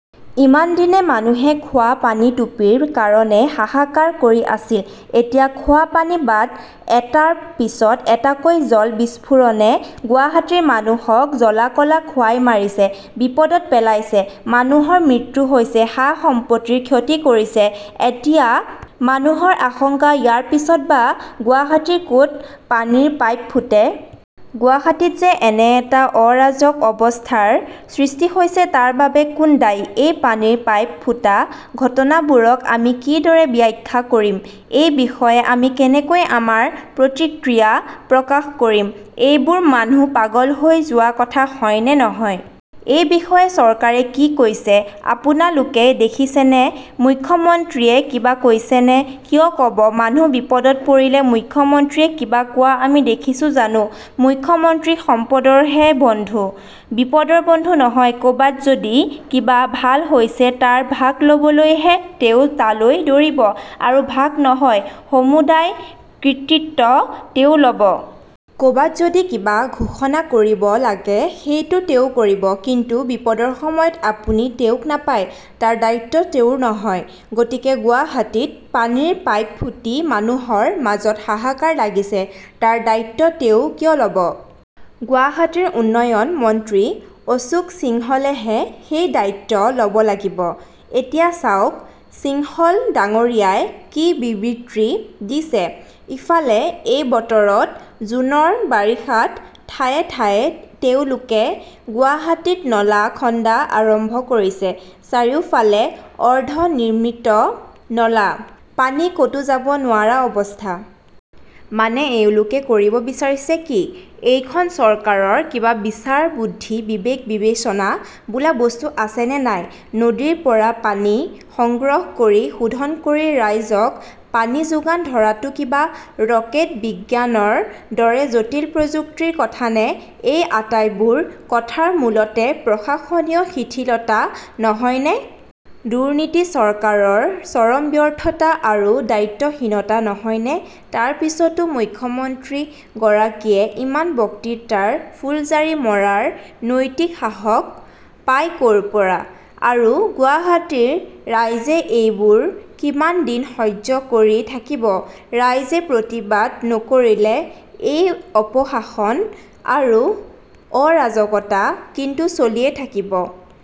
ইমানদিনে মানুহে খোৱা পানীটুপিৰ কাৰণে হাহাকাৰ কৰি আছিল। এতিয়া খোৱা পানী বাদ, এটাৰ পিছত এটাকৈ জল বিস্ফোৰণে গুৱাহাটীৰ মানুহক জ্বলা-কলা খুৱাই মাৰিছে, বিপদত পেলাইছে, মানুহৰ মৃত্যু হৈছে, সা-সম্পত্তিৰ ক্ষতি কৰিছে। এতিয়া মানুহৰ আশংকা ইয়াৰ পিছত বা গুৱাহাটীৰ ক'ত পানীৰ পাইপ ফুটে। গুৱাহাটীত যে এনে এটা অৰাজক অৱস্থাৰ সৃষ্টি হৈছে তাৰ বাবে কোন দায়ী? এই পানীৰ পাইপ ফুটা ঘটনাবোৰক আমি কি দৰে ব্যাখ্যা কৰিম? এই বিষয়ে আমি কেনেকৈ আমাৰ প্ৰতিক্ৰিয়া প্ৰকাশ কৰিম? এইবোৰ মানুহ পাগল হৈ যোৱা কথা হয়নে নহয়? এই বিষয়ে চৰকাৰে কি কৈছে আপোনালোকে দেখিছেনে? মুখ্যমন্ত্ৰীয়ে কিবা কৈছেনে? কিয় ক'ব? মানুহ বিপদত পৰিলে মুখ্যমন্ত্ৰীয়ে কিবা কোৱা আমি দেখিছোঁ জানো? মুখ্যমন্ত্ৰী সম্পদৰহে বন্ধু, বিপদৰ বন্ধু নহয়। ক'বাত যদি কিবা ভাল হৈছে তাৰ ভাগ ল'বলৈহে তেওঁ তালৈ দৌৰিব, আৰু ভাগ নহয়, সমুদায় কৃতিত্ব তেওঁ ল'ব। ক'বাত যদি কিবা ঘোষণা কৰিব লাগে সেইটো তেওঁ কৰিব। কিন্তু বিপদৰ সময়ত আপুনি তেওঁক নাপায়, তাৰ দায়িত্ব তেওঁৰ নহয়। গতিকে গুৱাহাটীত পানীৰ পাইপ ফুটি মানুহৰ মাজত হাহাকাৰ লাগিছে, তাৰ দায়িত্ব তেওঁ কিয় ল'ব? গুৱাহাটীৰ উন্নয়ন মন্ত্ৰী অশোক সিংহলেহে সেই দায়িত্ব ল'ব লাগিব। এতিয়া চাওক সিংহল ডাঙৰীয়াই কি বিবৃতি দিছে। ইফালে এই বতৰত জুনৰ বাৰিষাত ঠায়ে ঠায়ে তেওঁলোকে গুৱাহাটীত নলা খন্দা আৰম্ভ কৰিছে, চাৰিওফালে অৰ্ধ নিৰ্মিত নলা, পানী ক'তো যাব নোৱাৰা অৱস্থা। মানে এওঁলোকে কৰিব বিচাৰিছে কি? এইখন চৰকাৰৰ কিবা বিচাৰ-বুদ্ধি, বিবেক-বিবেচনা বোলা বস্তু আছেনে নাই? নদীৰ পৰা পানী সংগ্ৰহ কৰি শোধন কৰি ৰাইজক পানী যোগান ধৰাটো কিবা ৰকেট বিজ্ঞানৰ দৰে জটিল প্ৰযুক্তিৰ কথানে? এই আটাইবোৰ কথাৰ মূলতে প্ৰশাসনীয় শিথিলতা নহয়নে? দুৰ্নীতি, চৰকাৰৰ চৰম ব্যৰ্থতা আৰু দায়িত্বহীনতা নহয়নে? তাৰ পিছতো মুখ্যমন্ত্ৰী গৰাকীয়ে ইমান বক্তৃতাৰ ফুলজাৰী মৰাৰ নৈতিক সাহস পায় ক'ৰপৰা? আৰু গুৱাহাটীৰ ৰাইজে এইবোৰ কিমান দিন সহ্য কৰি থাকিব? ৰাইজে প্ৰতিবাদ নকৰিলে এই অপশাসন আৰু অৰাজকতা কিন্তু চলিয়ে থাকিব।